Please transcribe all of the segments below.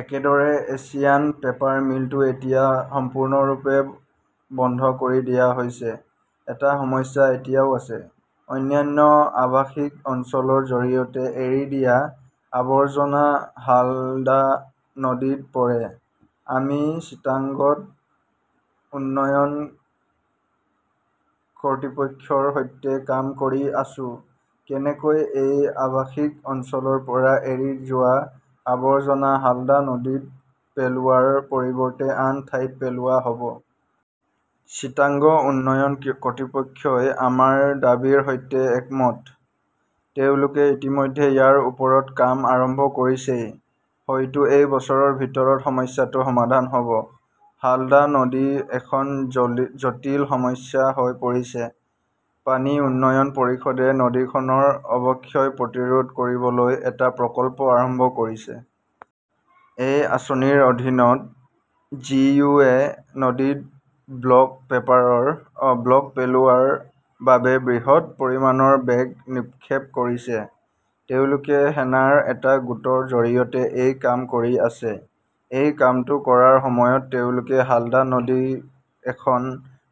একেদৰে Asian Paper মিলটো এতিয়া সম্পূৰ্ণৰূপে বন্ধ কৰি দিয়া হৈছে। এটা সমস্যা এতিয়াও আছে। অন্যান্য আৱাসিক অঞ্চলৰ জৰিয়তে এৰি দিয়া আৱৰ্জনা হালদা নদীত পৰে। আমি চিটাগংত উন্নয়ন কৰ্তৃপক্ষৰ সৈতে কাম কৰি আছো, কেনেকৈ এই আৱাসিক অঞ্চলৰ পৰা এৰি যোৱা আৱৰ্জনা হালদা নদীত পেলোৱাৰ পৰিৱৰ্তে আন ঠাইত পেলোৱা হ'ব। চিটাগং উন্নয়ন কৰ্তৃপক্ষই আমাৰ দাবীৰ সৈতে একমত। তেওঁলোকে ইতিমধ্যে ইয়াৰ ওপৰত কাম আৰম্ভ কৰিছেই ,হয়তো এই বছৰৰ ভিতৰত সমস্যাটো সমাধান হ'ব। হালদা নদী এখন জটিল সমস্যা হৈ পৰিছে । পানী উন্নয়ন পৰিষদে নদীখনৰ অৱক্ষয় প্ৰতিৰোধ কৰিবলৈ এটা প্ৰকল্প আৰম্ভ কৰিছে। এই আঁচনিৰ অধীনত জি. ও. য়ে নদীত ব্লক পেলোৱাৰ বাবে বৃহৎ পৰিমাণৰ বেগ নিক্ষেপ কৰিছে। তেওঁলোকে সেনাৰ এটা গোটৰ জৰিয়তে এই কাম কৰি আছে। এই কামটো কৰাৰ সময়ত তেওঁলোকে হালদা নদী এখন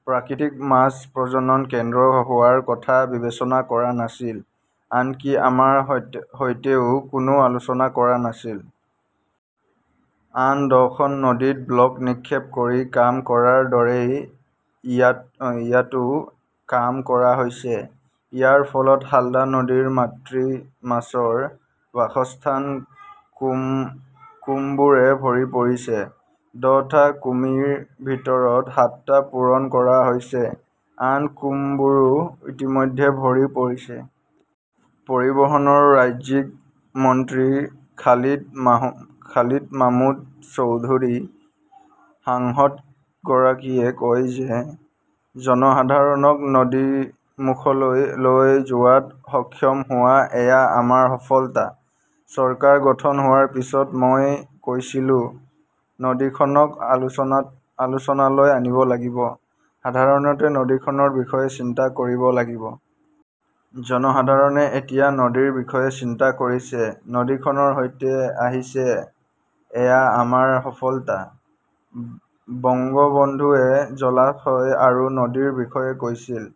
প্ৰাকৃতিক মাছ প্ৰজনন কেন্দ্ৰ হোৱাৰ কথা বিবেচনা কৰা নাছিল, আনকি আমাৰ সৈতেও কোনো আলোচনা কৰা নাছিল। আন দহখন নদীত ব্লক নিক্ষেপ কৰি কাম কৰাৰ দৰেই ইয়াতও কাম কৰা হৈছে। ইয়াৰ ফলত হালদা নদীৰ মাতৃ মাছৰ বাসস্থান কুমবোৰে ভৰি পৰিছে। দহটা কুমিৰ ভিতৰত সাতটা পূৰণ কৰা হৈছে। আন কুমবোৰো ইতিমধ্যে ভৰি পৰিছে। পৰিবহণৰ ৰাজ্যিক মন্ত্ৰী খালিদ মাহমুদ চৌধুৰী সাংসদগৰাকীয়ে কয় যে জনসাধাৰণক নদীমুখলৈ লৈ যোৱাত সক্ষম হোৱা এয়া আমাৰ সফলতা। চৰকাৰ গঠন হোৱাৰ পিছত মই কৈছিলো-নদীখনক আলোচনালৈ আনিব লাগিব, সাধাৰণতে নদীখনৰ বিষয়ে চিন্তা কৰিব লাগিব। জনসাধাৰণে এতিয়া নদীৰ বিষয়ে চিন্তা কৰিছে, নদীখনৰ সৈতে আহিছে-এয়া আমাৰ সফলতা। বংগবন্ধুৱে জলাশয় আৰু নদীৰ বিষয়ে কৈছিল।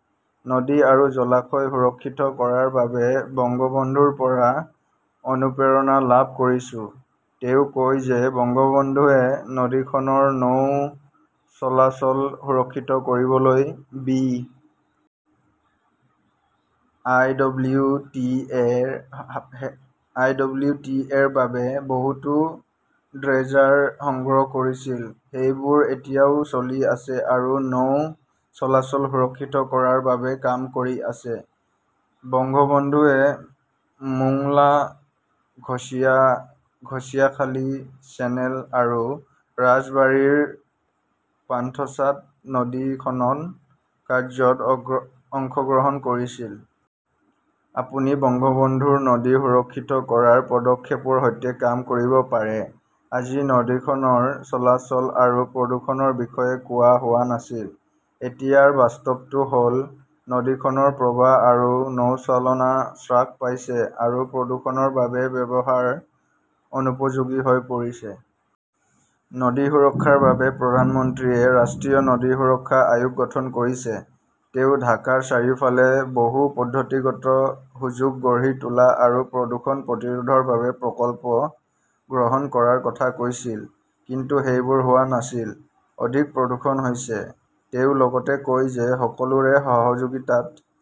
নদী আৰু জলাশয় সুৰক্ষিত কৰাৰ বাবে বংগবন্ধুৰ পৰা অনুপ্ৰেৰণা লাভ কৰিছো। তেওঁ কয় যে বংগবন্ধুৱে নদীখনৰ নৌ চলাচল সুৰক্ষিত কৰিবলৈ B. I. W. T. A. -ৰ বাবে বহুতো ড্ৰেজাৰ সংগ্ৰহ কৰিছিল, সেইবোৰ এতিয়াও চলি আছে আৰু নৌ চলাচল সুৰক্ষিত কৰাৰ বাবে কাম কৰি আছে। বংগবন্ধুৱে মোংলা-ঘচিয়াখালী চেনেল আৰু ৰাজবাৰীৰ পাঙ্গছাত নদী খনন কাৰ্যত অংশগ্ৰহণ কৰিছিল। আপুনি বংগবন্ধুৰ নদী সুৰক্ষিত কৰাৰ পদক্ষেপৰ সৈতে কাম কৰিব পাৰে । আজি নদীখনৰ চলাচল আৰু প্ৰদূষণৰ বিষয়ে কোৱা হোৱা নাছিল। এতিয়াৰ বাস্তৱটো হ'ল নদীখনৰ প্ৰৱাহ আৰু নৌচালনা হ্ৰাস পাইছে আৰু প্ৰদূষণৰ বাবে ব্যৱহাৰ অনুপযোগী হৈ পৰিছে। নদী সুৰক্ষাৰ বাবে প্ৰধানমন্ত্ৰীয়ে ৰাষ্ট্ৰীয় নদী সুৰক্ষা আয়োগ গঠন কৰিছে। তেওঁ ঢাকাৰ চাৰিওফালে বহু-পদ্ধতিগত সংযোগ গঢ়ি তোলা আৰু প্ৰদূষণ প্ৰতিৰোধৰ বাবে প্ৰকল্প গ্ৰহণ কৰাৰ কথা কৈছিল। কিন্তু সেইবোৰ হোৱা নাছিল। অধিক প্ৰদূষণ হৈছে। তেওঁ লগতে কয় যে সকলোৰে সহযোগিতাত